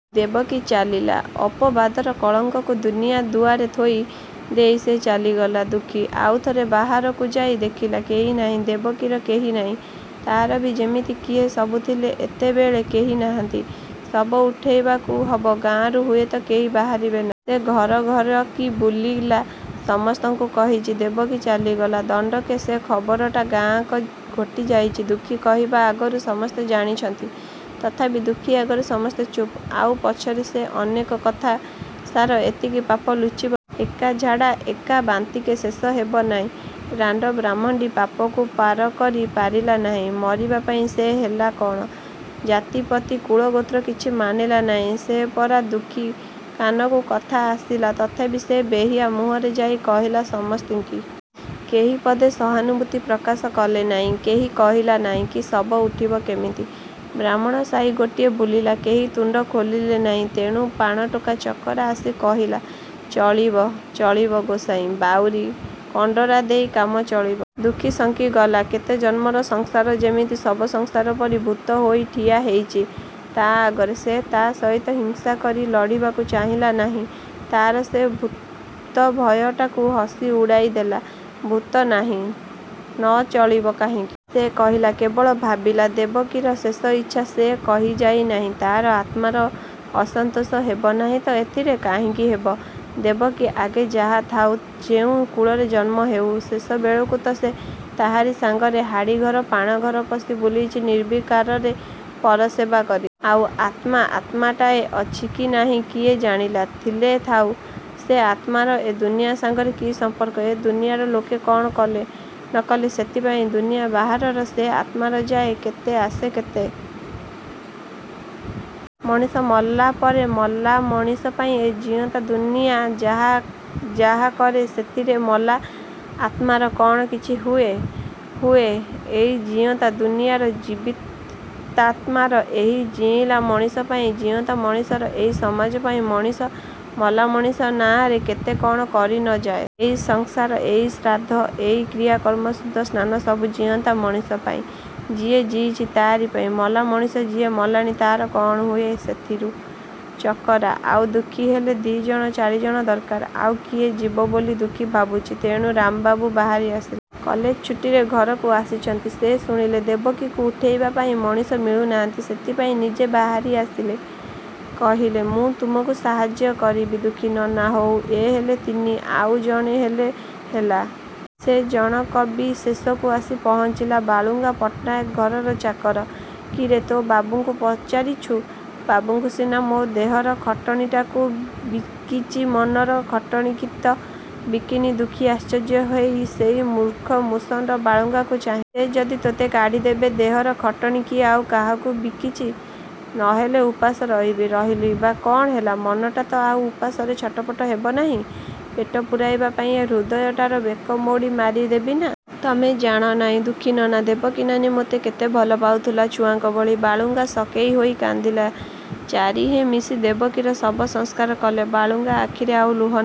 ଦେବକୀ ଚାଲିଲା। ଅପବାଦର କଳଙ୍କକୁ ଦୁନିଆ ଦୁଆରେ ଥୋଇ ଦେଇ ସେ ଚାଲିଗଲା। ଦୁଃଖୀ ଆଉଥରେ ବାହାରକୁ ଯାଇ ଦେଖିଲା କେହି ନାହିଁ। ଦେବକୀର କେହି ନାହିଁ। ତା'ରବି ଯେମିତି କିଏ ସବୁଥିଲେଏତେବେଳେ କେହି ନାହାନ୍ତି। ଶବ ଉଠେଇବାକୁ ହବ। ଗାଁରୁ ହୁଏତ କେହି ବାହାରିବେ ନାହିଁ। ସେ ଘର ଘର କି ବୁଲିଲା। ସମସ୍ତଙ୍କୁ କହିଚି ଦେବକୀ ଚାଲିଗଲା। ଦଣ୍ଡକେ ସେ ଖବରଟା ଗାଁଯାକ ଘୋଟି ଯାଇଚି । ଦୁଃଖୀ କହିବା ଆଗରୁ ସମସ୍ତେ ଜାଣିଛନ୍ତି। ତଥାପି ଦୁଃଖୀ ଆଗରେ ସମସ୍ତେ ଚୁପ୍। ଆଉ ପଛରେ ସେ ଅନେକ କଥା। ସାର ଏତିକି ପାପ ଲୁଚିବ ନା ଏକା ଝାଡ଼ା ଏକା ବାନ୍ତିକେ ଶେଷ। ହବ ନାହିଁ ରାଣ୍ଡ ବ୍ରାହ୍ମଣ୍ଡୀ ପାପକୁ ପାର କରି ପାରିଲା ନାହିଁ । ମରିବାପାଇଁ ସେ ହେଲା କ'ଣ? ଜାତି ପତି କୁଳଗୋତ୍ର କିଛି ମାନିଲା ନାହିଁ ସେ ପରା! ଦୁଃଖୀ କାନକୁ କଥା ଆସିଲା। ତଥାପି ସେ ବେହିଆ ମୁହଁରେ ଯାଇ କହିଲା ସମସ୍ତିଙ୍କି। କେହି ପଦେ ସହାନୁଭୂତି ପ୍ରକାଶ କଲେ ନାହିଁ। କେହି କହିଲା ନାହିଁ କି ଶବ ଉଠିବ କେମିତି । ବ୍ରାହ୍ମଣ ସାହି ଗୋଟିଏ ବୁଲିଲା। କେହି ତୁଣ୍ଡ ଖୋଲିଲେ ନାହିଁ। ତେଣୁ ପାଣ ଟୋକା ଚକରା ଆସି କହିଲା ଚଳିବ ଚଳିବ ଗୋସାଇଁ। ବାଉରି କଣ୍ଡରା ଦେଇ କାମ ଚଳିବ? ଦୁଃଖୀ ଶଙ୍କିଗଲା। କେତେ ଜନ୍ମର ସଂସାର ଯେମିତି ଶବ ସଂସାର ପରି ଭୂତ ହେଇ ଠିଆ ହେଇଛି ତା' ଆଗରେ। ସେ ତା' ସହିତ ହିଂସା କରି ଲଢ଼ିବାକୁ ଚାହିଁଲା ନାହିଁ। ତା'ର ସେ ଭୂତଭୟଟାକୁ ହସି ଉଡ଼ାଇ ଦେଲା ଭୂତ ନାହିଁ। ନ ଚଳିବ କାହିଁକି? ସେ କହିଲା। କେବଳ ଭାବିଲା ଦେବକୀର ଶେଷଇଚ୍ଛା ସେ କହିଯାଇ ନାହିଁ। ତା'ର ଆତ୍ମାର ଅସନ୍ତୋଷ ହେବ ନାହିଁ ତ ଏଥିରେ। କାହିଁକି ହେବ? ଦେବକୀ ଆଗେ ଯାହା ଥାଉ ଯେଉଁ କୁଳରେ ଜନ୍ମ ହେଉ ଶେଷବେଳକୁ ତ ସେ ତାହାରି ସାଙ୍ଗରେ ହାଡ଼ିଘର ପାଣ ଘର ପଶି ବୁଲିଛି ନିର୍ବିକାରରେ ପର ସେବା କରି। ଆଉ ଆତ୍ମା ଆତ୍ମାଟାଏ ଅଛି କି ନାହିଁ କିଏ ଜାଣିଲା। ଥିଲେ ଥାଉ। ସେ ଆତ୍ମାର ଏ ଦୁନିଆ ସାଙ୍ଗରେ କି ସମ୍ପର୍କ। ଏ ଦୁନିଆର ଲୋକେ କ'ଣ କଲେ ନ କଲେ ସେଥିପାଇଁ ଦୁନିଆ ବାହାରର ସେ ଆତ୍ମାର ଯାଏଁ କେତେ ଆସେ କେତେ। ମଣିଷ ମଲା ପରେ ମଲା ମଣିଷପାଇଁ ଏ ଜିଅନ୍ତା ଦୁନିଆ ଯାହା ଯାହା କରେ ସେଥିରେ ମଲା ଆତ୍ମାର କ'ଣ କିଛି ହୁଏ? ହୁଏ ଏଇ ଜିଅନ୍ତା ଦୁନିଆର ଜୀବିତାତ୍ମାର। ଏଇ ଜିଇଲା ମଣିଷପାଇଁ ଜିଅନ୍ତା ମଣିଷର ଏଇ ସମାଜପାଇଁ ମଣିଷ ମଲାମଣିଷ ନାଆଁରେ କେତେ କ'ଣ କରି ନ ଯାଏଁ। ଏଇ ସଂସାର, ଏଇ ଶ୍ରାଦ୍ଧ, ଏଇ କ୍ରିୟା କର୍ମ, ଶୁଦ୍ଧ ସ୍ନାନ ସବୁ ଜିଅନ୍ତା ମଣିଷପାଇଁ ଯିଏ ଜିଇଛି ତା'ରିପାଇଁ। ମଲା ମଣିଷ ଯିଏ ମଲାଣି ତା'ର କ'ଣ ହୁଏ ସେଥିରୁ? ଚକରା ଆଉ ଦୁଃଖୀ ହେଲେ ଦି'ଜଣ ଚାରିଜଣ ଦରକାର। ଆଉ କିଏ ଯିବ ବୋଲି ଦୁଃଖୀ ଭାବୁଛି ତେଣୁ ରାମବାବୁ ବାହାରି ଆସିଲେ। କଲେଜ ଛୁଟିରେ ଘରକୁ ଆସିଛନ୍ତି। ସେ ଶୁଣିଲେ ଦେବକୀକୁ ଉଠେଇବା ପାଇଁ ମଣିଷ ମିଳୁ ନାହାନ୍ତି। ସେଥିପାଇଁ ନିଜେ ବାହାରି ଆସିଲେ । କହିଲେ ମୁଁ ତମକୁ ସାହାଯ୍ୟ କରିବି ଦୁଃଖୀ ନନା। ହୋଉ। ଏ ହେଲେ ତିନି। ଆଉ ଜଣେ ହେଲେ ହେଲା। ସେ ଜଣକବି ଶେଷକୁ ଆସି ପହଞ୍ଚିଲା ବାଳୁଙ୍ଗା ପଟ୍ଟନାୟକ ଘର ଚାକର। କିରେ ତୋ ବାବୁଙ୍କୁ ପଚାରିଛୁ? ବାବୁଙ୍କୁ ସିନା ମୋ ଦେହର ଖଟଣିଟାକୁ ବିକିଚି ମନର ଖଟଣି କି ତ ବିକିନି। ଦୁଃଖୀ ଆଶ୍ଚର୍ଯ୍ୟ ହେଇ ସେଇ ମୂର୍ଖମୁଷଣ୍ଡ ବାଳୁଙ୍ଗାକୁ ଚାହିଁ ସେ ଯଦି ତୋତେ କାଢ଼ି ଦେବେ ଦେହର ଖଟଣି କି ଆଉ କାହାକୁ ବିକିଚି। ନହେଲେ ଉପାସ ରହିବି। ରହିଲି ବା କ'ଣ ହେଲା! ମନଟା ତ ଆଉ ଉପାସରେ ଛଟପଟ ହେବ ନାହିଁ। ପେଟ ପୂରେଇବା ପାଇଁ ଏ ହୃଦୟଟାର ବେକମୋଡ଼ି ମାରି ଦେବିନା! ତମେ ଜାଣ ନାହିଁ ଦୁଃଖୀ ନନା ଦେବକୀ ନାନୀ ମୋତେ କେତେ ଭଲ ପାଉଥିଲା। ଛୁଆଙ୍କ ଭଳି ବାଳୁଙ୍ଗା ସକେଇ ହୋଇ କାନ୍ଦିଲା। ଚାରିହେଁ ମିଶି ଦେବକୀର ଶବ ସଂସାର କଲେ। ବାଳୁଙ୍ଗା ଆଖିରେ ଆଉ ଲୁହ ନା